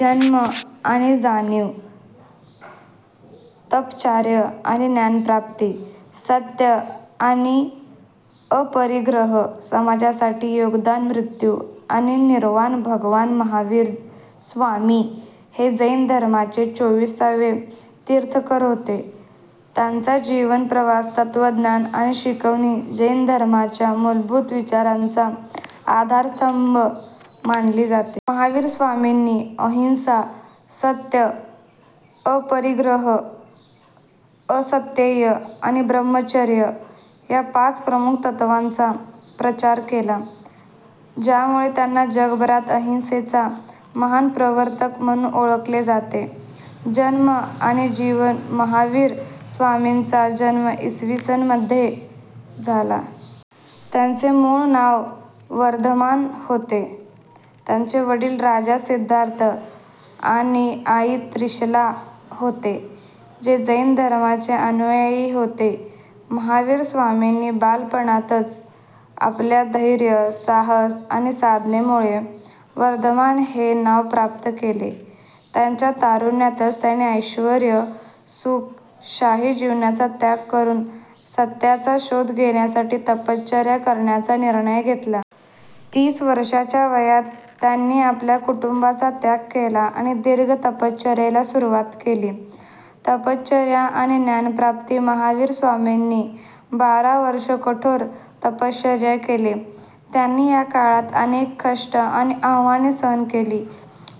जन्म आणि जीवन तपश्चर्या आणि ज्ञानप्राप्ती सत्य आणि अपरिग्रह समाजासाठी योगदान मृत्यू आणि निर्वाण भगवान महावीर स्वामी हे जैन धर्माचे चोविसावे तीर्थंकर होते. त्यांचा जीवन प्रवास, तत्त्वज्ञान आणि शिकवणी जैन धर्माच्या मूलभूत विचारांचा आधारस्तंभ मानली जाते. महावीर स्वामींनी अहिंसा, सत्य, अपरिग्रह, अस्तेय आणि ब्रह्मचर्य या पाच प्रमुख तत्त्वांचा प्रचार केला, ज्यामुळे त्यांना जगभरात अहिंसेचा महान प्रवर्तक म्हणून ओळखले जाते. जन्म आणि जीवन महावीर स्वामींचा जन्म इ. स. मध्ये झाला. त्यांचे मूळ नाव वर्धमान होते. त्यांचे वडील राजा सिद्धार्थ आणि आई त्रिशला होते, जे जैन धर्माचे अनुयायी होते. महावीर स्वामींनी बालपणातच आपल्या धैर्य, साहस आणि साधनेमुळे वर्धमान हे नाव प्राप्त केले. त्यांच्या तारुण्यातच त्यांनी ऐश्वर्य, सुख आणि शाही जीवनाचा त्याग करून सत्याचा शोध घेण्यासाठी तपश्चर्या करण्याचा निर्णय घेतला. तीस वर्षांच्या वयात त्यांनी आपल्या कुटुंबाचा त्याग केला आणि दीर्घ तपश्चर्येला सुरुवात केली. तपश्चर्या आणि ज्ञानप्राप्ती महावीर स्वामींनी बारा वर्षे कठोर तपश्चर्या केली. त्यांनी या काळात अनेक कष्ट आणि आव्हाने सहन केली,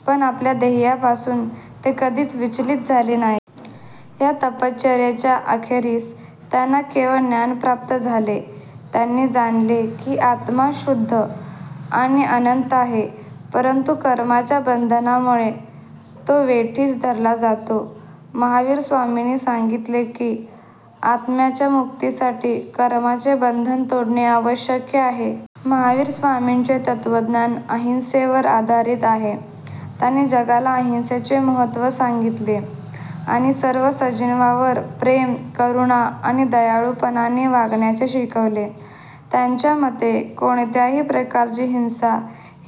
पण आपल्या ध्येयापासून ते कधीच विचलित झाले नाहीत. या तपश्चर्येच्या अखेरीस त्यांना केवळज्ञान प्राप्त झाले. त्यांनी जाणले की आत्मा शुद्ध आणि अनंत आहे, परंतु कर्माच्या बंधनामुळे तो वेठीस धरला जातो. महावीर स्वामींनी सांगितले की, आत्म्याच्या मुक्तीसाठी कर्माचे बंधन तोडणे आवश्यक आहे. महावीर स्वामींचे तत्त्वज्ञान अहिंसेवर आधारित आहे. त्यांनी जगाला अहिंसेचे महत्त्व सांगितले आणि सर्व सजीवांवर प्रेम, करुणा आणि दयाळूपणाने वागण्याचे शिकवले. त्यांच्या मते, कोणत्याही प्रकारची हिंसा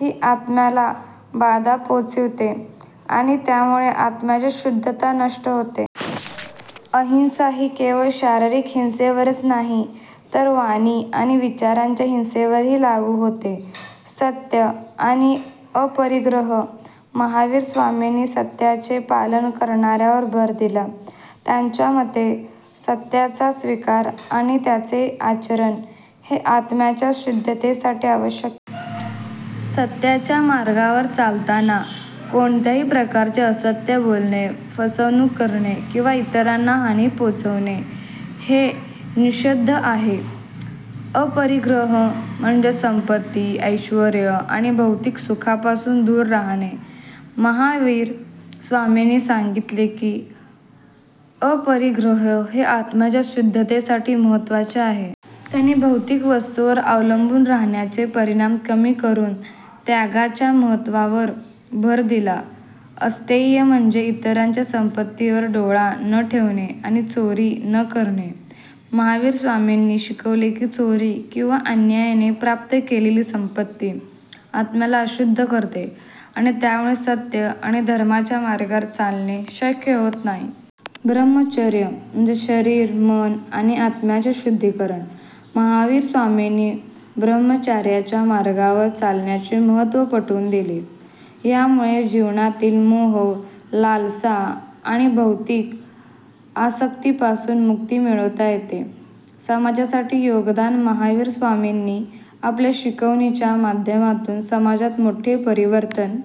ही आत्म्याला बाधा पोहोचवते आणि त्यामुळे आत्म्याची शुद्धता नष्ट होते. अहिंसा ही केवळ शारीरिक हिंसेवरच नाही, तर वाणी आणि विचारांच्या हिंसेवरही लागू होते. सत्य आणि अपरिग्रह महावीर स्वामींनी सत्याचे पालन करण्यावर भर दिला. त्यांच्या मते, सत्याचा स्वीकार आणि त्याचे आचरण हे आत्म्याच्या शुद्धतेसाठी आवश्यक आहे. सत्याच्या मार्गावर चालताना कोणत्याही प्रकारचे असत्य बोलणे, फसवणूक करणे किंवा इतरांना हानी पोहोचवणे हे निषिद्ध आहे. अपरिग्रह म्हणजे संपत्ती, ऐश्वर्य आणि भौतिक सुखांपासून दूर राहणे. महावीर स्वामींनी सांगितले की, अपरिग्रह हे आत्म्याच्या शुद्धतेसाठी महत्त्वाचे आहे. त्यांनी भौतिक वस्तूंवर अवलंबून राहण्याचे परिमाण कमी करून त्यागाच्या महत्त्वावर भर दिला. अस्तेय म्हणजे इतरांच्या संपत्तीवर डोळा न ठेवणे आणि चोरी न करणे. महावीर स्वामींनी शिकवले की, चोरी किंवा अन्यायाने प्राप्त केलेली संपत्ती आत्म्याला अशुद्ध करते आणि त्यामुळे सत्य आणि धर्माच्या मार्गावर चालणे शक्य होत नाही. ब्रह्मचर्य म्हणजे शरीर, मन आणि आत्म्याचे शुद्धीकरण. महावीर स्वामींनी ब्रह्मचर्याच्या मार्गावर चालण्याचे महत्त्व पटवून दिले. यामुळे जीवनातील मोह, लालसा आणि भौतिक आसक्तीपासून मुक्ती मिळवता येते. समाजासाठी योगदान महावीर स्वामींनी आपल्या शिकवणींच्या माध्यमातून समाजात मोठे परिवर्तन